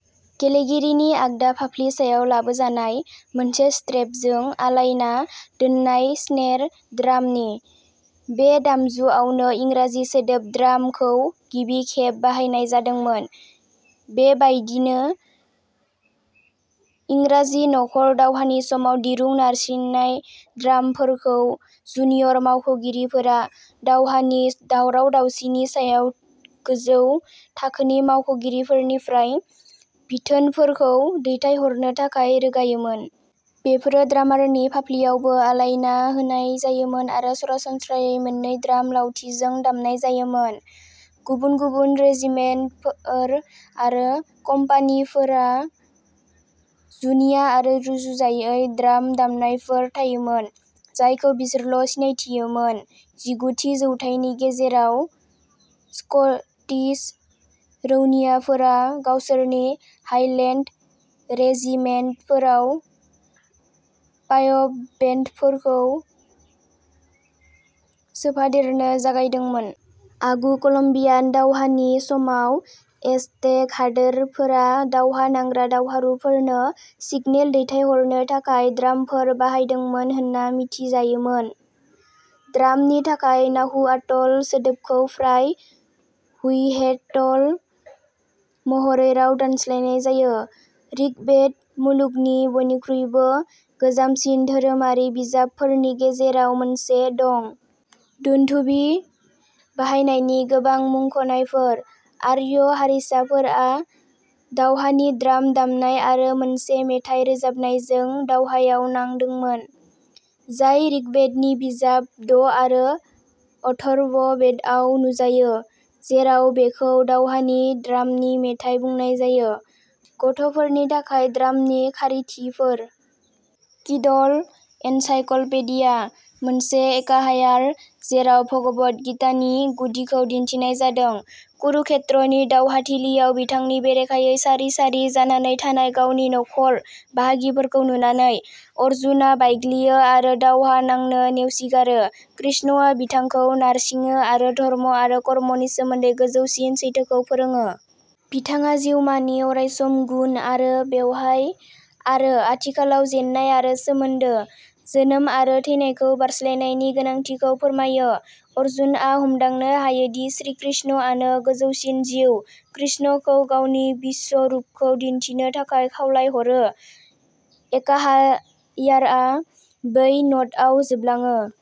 गेलेगिरिनि आगदा फाफ्लि सायाव लाबोजानाय, मोनसे स्ट्रेपजों आलायना दोननाय स्नेर ड्रामनि। बे दामजुआवनो इंराजि सोदोब "ड्राम" खौ गिबि खेब बाहायनाय जादोंमोन। बेबायदिनो, इंराजि न'खर दावहानि समाव दिरुं नारसिननाय ड्रामफोरखौ जुनियर मावख'गिरिफोरा दावहानि दावराव दावसिनि सायाव गोजौ थाखोनि मावख'गिरिफोरनिफ्राय बिथोनफोरखौ दैथायहरनो थाखाय रोगायोमोन। बेफोरो ड्रामारनि फाफ्लिआवबो आलायना होनाय जायोमोन आरो सरासनस्रायै मोननै ड्राम लावथिजों दामनाय जायोमोन। गुबुन गुबुन रेजिमेन्टफोर आरो कम्पानिफोरहा जुनिया आरो रुजुजायै ड्राम दामनायफोर थायोमोन, जायखौ बिसोरल' सिनायथियोमोन। जिगुथि जौथाइनि गेजेराव, स्कटिस रौनियाफोरा गावसोरनि हाइलेन्ड रेजिमेन्टफोराव पाइप बेन्डफोरखौ सोफादेरनो जागायदोंमोन। आगु कलम्बियान दावहानि समाव, एजटेक हादोरफोरा दावहा नांग्रा दावहारुफोरनो सिगनेल दैथायहरनो थाखाय ड्रामफोर बाहायदोंमोन होनना मिथिजायोमोन। ड्रामनि थाखाय नाहुआतल सोदोबखौ फ्राय ह्युहेटल महरै राव दानस्लायनाय जायो। ऋग्वेद, मुलुगनि बयनिख्रुइबो गोजामसिन धोरोमारि बिजाबफोरनि गेजेराव मोनसे, दं। दुन्धुबि बाहायनायनि गोबां मुंख'नायफोर। आर्य हारिसाफोरा दावहानि द्राम दामनाय आरो मोनसे मेथाइ रोजाबनायजों दावहायाव नांदोंमोन, जाय ऋग्वेदनि बिजाब द' आरो अथर्व बेदआव नुजायो, जेराव बेखौ "दावहानि द्रामनि मेथाइ" बुंनाय जायो। गथ'फोरनि थाखाय द्रामनि खारिथिफोर। किडल एनसाइक्लपडिया। मोनसे एकाहायार जेराव भगवद गीतानि गुदिखौ दिन्थिनाय जादों। कुरुक्षेत्रनि दावहाथिलियाव बिथांनि बेरेखायै सारि सारि जानानै थानाय गावनि न'खर बाहागिफोरखौ नुनानै, अर्जुनआ बायग्लियो आरो दावहा नांनो नेवसिगारो। कृष्णआ बिथांखौ नारसिङो आरो धर्म आरो कर्मनि सोमोन्दै गोजौसिन सैथोखौ फोरोङो। बिथाङा जिउमानि अरायसम गुन आरो बेवहाय आरो आथिखालाव जेन्नाय आरो सोमोनदो, जोनोम आरो थैनायखौ बारस्लायनायनि गोनांथिखौ फोरमायो। अर्जुनआ हमदांनो हायोदि श्रीकृष्णानो गोजौसिन जिउ, कृष्णखौ गावनि विश्वरूपखौ दिन्थिनो थाखाय खावलायहरो। एकाहार्याआ बै न'टआव जोबलाङो।